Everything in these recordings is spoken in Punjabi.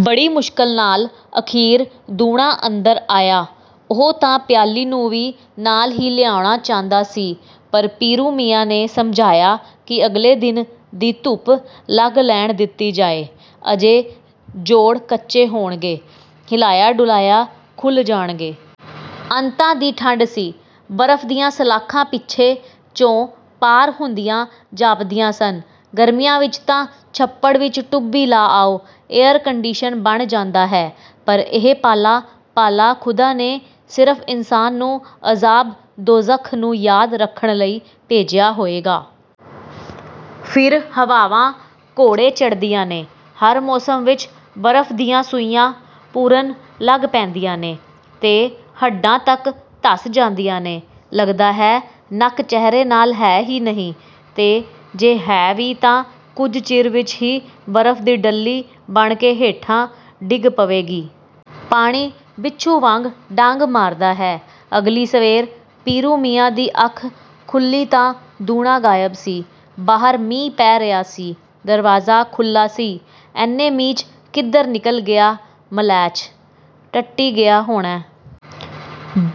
ਬੜੀ ਮੁਸ਼ਕਿਲ ਨਾਲ ਅਖੀਰ ਦੂਣਾ ਅੰਦਰ ਆਇਆ। ਉਹ ਤਾਂ ਪਿਆਲੀ ਨੂੰ ਵੀ ਨਾਲ ਹੀ ਲਿਆਉਣਾ ਚਾਹੁੰਦਾ ਸੀ, ਪਰ ਪੀਰੂ ਮੀਆਂ ਨੇ ਸਮਝਾਇਆ ਕਿ ਅਗਲੇ ਦਿਨ ਦੀ ਧੁੱਪ ਲੱਗ ਲੈਣ ਦਿੱਤੀ ਜਾਏ। ਅਜੇ ਜੋੜ ਕੱਚੇ ਹੋਣਗੇ ਹਿਲਾਇਆਂ-ਡੁਲਾਇਆਂ ਖੁੱਲ੍ਹ ਜਾਣਗੇ। ਅੰਤਾਂ ਦੀ ਠੰਡ ਸੀ। ਬਰਫ਼ ਦੀਆਂ ਸਲਾਖਾਂ ਪਿੰਡੇ 'ਚੋਂ ਪਾਰ ਹੁੰਦੀਆਂ ਜਾਪਦੀਆਂ ਸਨ। ਗਰਮੀਆਂ ਵਿੱਚ ਤਾਂ ਛੱਪੜ ਵਿੱਚ ਟੁੱਭੀ ਲਾ ਆਓ, ਏਅਰ-ਕੰਡੀਸ਼ਨ ਬਣ ਜਾਂਦਾ ਹੈ। ਪਰ ਇਹ ਪਾਲਾ, ਪਾਲਾ ਖ਼ੁਦਾ ਨੇ ਸਿਰਫ਼ ਇਨਸਾਨ ਨੂੰ ਅਜ਼ਾਬ-ਦੋਜ਼ਖ਼ ਨੂੰ ਯਾਦ ਰੱਖਣ ਲਈ ਭੇਜਿਆ ਹੋਏਗਾ। ਫਿਰ ਹਵਾਵਾਂ ਘੋੜੇ ਚੜ੍ਹਦੀਆਂ ਨੇ, ਹਰ ਮੋਸਮ ਵਿੱਚ ਬਰਫ਼ ਦੀਆਂ ਸੂਈਆਂ ਪੁਰਨ ਲੱਗ ਪੈਂਦੀਆਂ ਨੇ ਤੇ ਹੱਡਾਂ ਤੱਕ ਧਸ ਜਾਂਦੀਆਂ ਨੇ। ਲੱਗਦਾ ਹੈ, ਨੱਕ ਚਿਹਰੇ ਨਾਲ ਹੈ ਹੀ ਨਹੀਂ ਤੇ ਜੇ ਹੈ ਵੀ ਤਾਂ ਕੁਝ ਚਿਰ ਵਿੱਚ ਹੀ ਬਰਫ਼ ਦੀ ਡਲੀ ਬਣ ਕੇ ਹੇਠਾਂ ਡਿੱਗ ਪਵੇਗੀ। ਪਾਣੀ ਬਿੱਛੂ ਵਾਂਗ ਡੰਗ ਮਾਰਦਾ ਹੈ। ਅਗਲੀ ਸਵੇਰ ਪੀਰੂ ਮੀਆਂ ਦੀ ਅੱਖ ਖੁੱਲ੍ਹੀ ਤਾਂ ਦੂਣਾ ਗਾਇਬ ਸੀ। ਬਾਹਰ ਮੀਂਹ ਪੈ ਰਿਹਾ ਸੀ, ਦਰਵਾਜ਼ਾ ਖੁੱਲ੍ਹਾ ਸੀ। "ਐਨੇ ਮੀਂਹ 'ਚ ਕਿੱਧਰ ਨਿਕਲ ਗਿਆ ਮਲੈਛ, ਟੱਟੀ ਗਿਆ ਹੋਣੈ।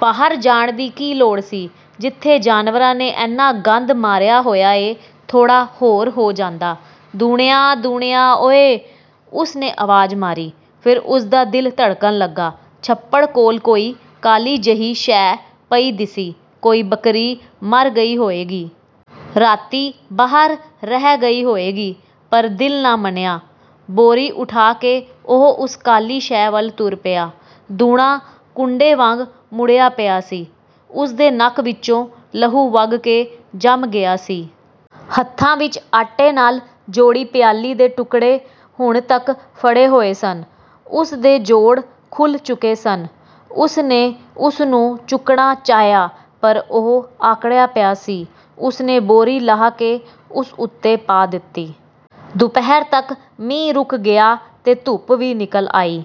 ਬਾਹਰ ਜਾਣ ਦੀ ਕੀ ਲੋੜ ਸੀ, ਜਿੱਥੇ ਜਾਨਵਰਾਂ ਨੇ ਐਨਾ ਗੰਦ ਮਾਰਿਆ ਹੋਇਆ ਐ, ਥੋੜਾ ਹੋਰ ਹੋ ਜਾਂਦਾ" "ਦੂਣਿਆਂ, ਦੂਣਿਆਂ ਓਏ।" ਉਸ ਨੇ ਆਵਾਜ਼ ਮਾਰੀ। ਫਿਰ ਉਸਦਾ ਦਿਲ ਧੜਕਣ ਲੱਗਾ, ਛੱਪੜ ਕੋਲ ਕੋਈ ਕਾਲੀ ਜਿਹੀ ਸ਼ੈ ਪਈ ਦਿਸੀ ਕੋਈ ਬੱਕਰੀ ਮਰ ਗਈ ਹੋਏਗੀ। ਰਾਤੀਂ, ਬਾਹਰ ਰਹਿ ਗਈ ਹੋਏਗੀ। ਪਰ ਦਿਲ ਨਾ ਮੰਨਿਆ। ਬੋਰੀ ਉੱਠਾ ਕੇ ਉਹ ਉਸ ਕਾਲੀ ਸ਼ੈ ਵੱਲ ਤੁਰ ਪਿਆ। ਦੂਣਾ ਕੁੰਡੇ ਵਾਂਗ ਮੁੜਿਆ ਪਿਆ ਸੀ। ਉਸਦੇ ਨੱਕ ਵਿੱਚੋਂ ਲਹੂ ਵਗ ਕੇ ਜੰਮ ਗਿਆ ਸੀ। ਹੱਥਾਂ ਵਿੱਚ ਆਟੇ ਨਾਲ ਜੋੜੀ ਪਿਆਲੀ ਦੇ ਟੁੱਕੜੇ ਹੁਣ ਤੱਕ ਫੜ੍ਹੇ ਹੋਏ ਸਨ। ਉਸਦੇ ਜੋੜ ਖੁੱਲ੍ਹ ਚੁੱਕੇ ਸਨ। ਉਸ ਨੇ ਉਸਨੂੰ ਚੁੱਕਣਾ ਚਾਹਿਆ ਪਰ ਉਹ ਆਕੜਿਆ ਪਿਆ ਸੀ। ਉਸਨੇ ਬੋਰੀ ਲਾਹ ਕੇ ਉਸ ਉੱਤੇ ਪਾ ਦਿੱਤੀ। ਦੁਪਹਿਰ ਤੱਕ ਮੀਂਹ ਰੁਕ ਗਿਆ ਤੇ ਧੁੱਪ ਵੀ ਨਿਕਲ ਆਈ।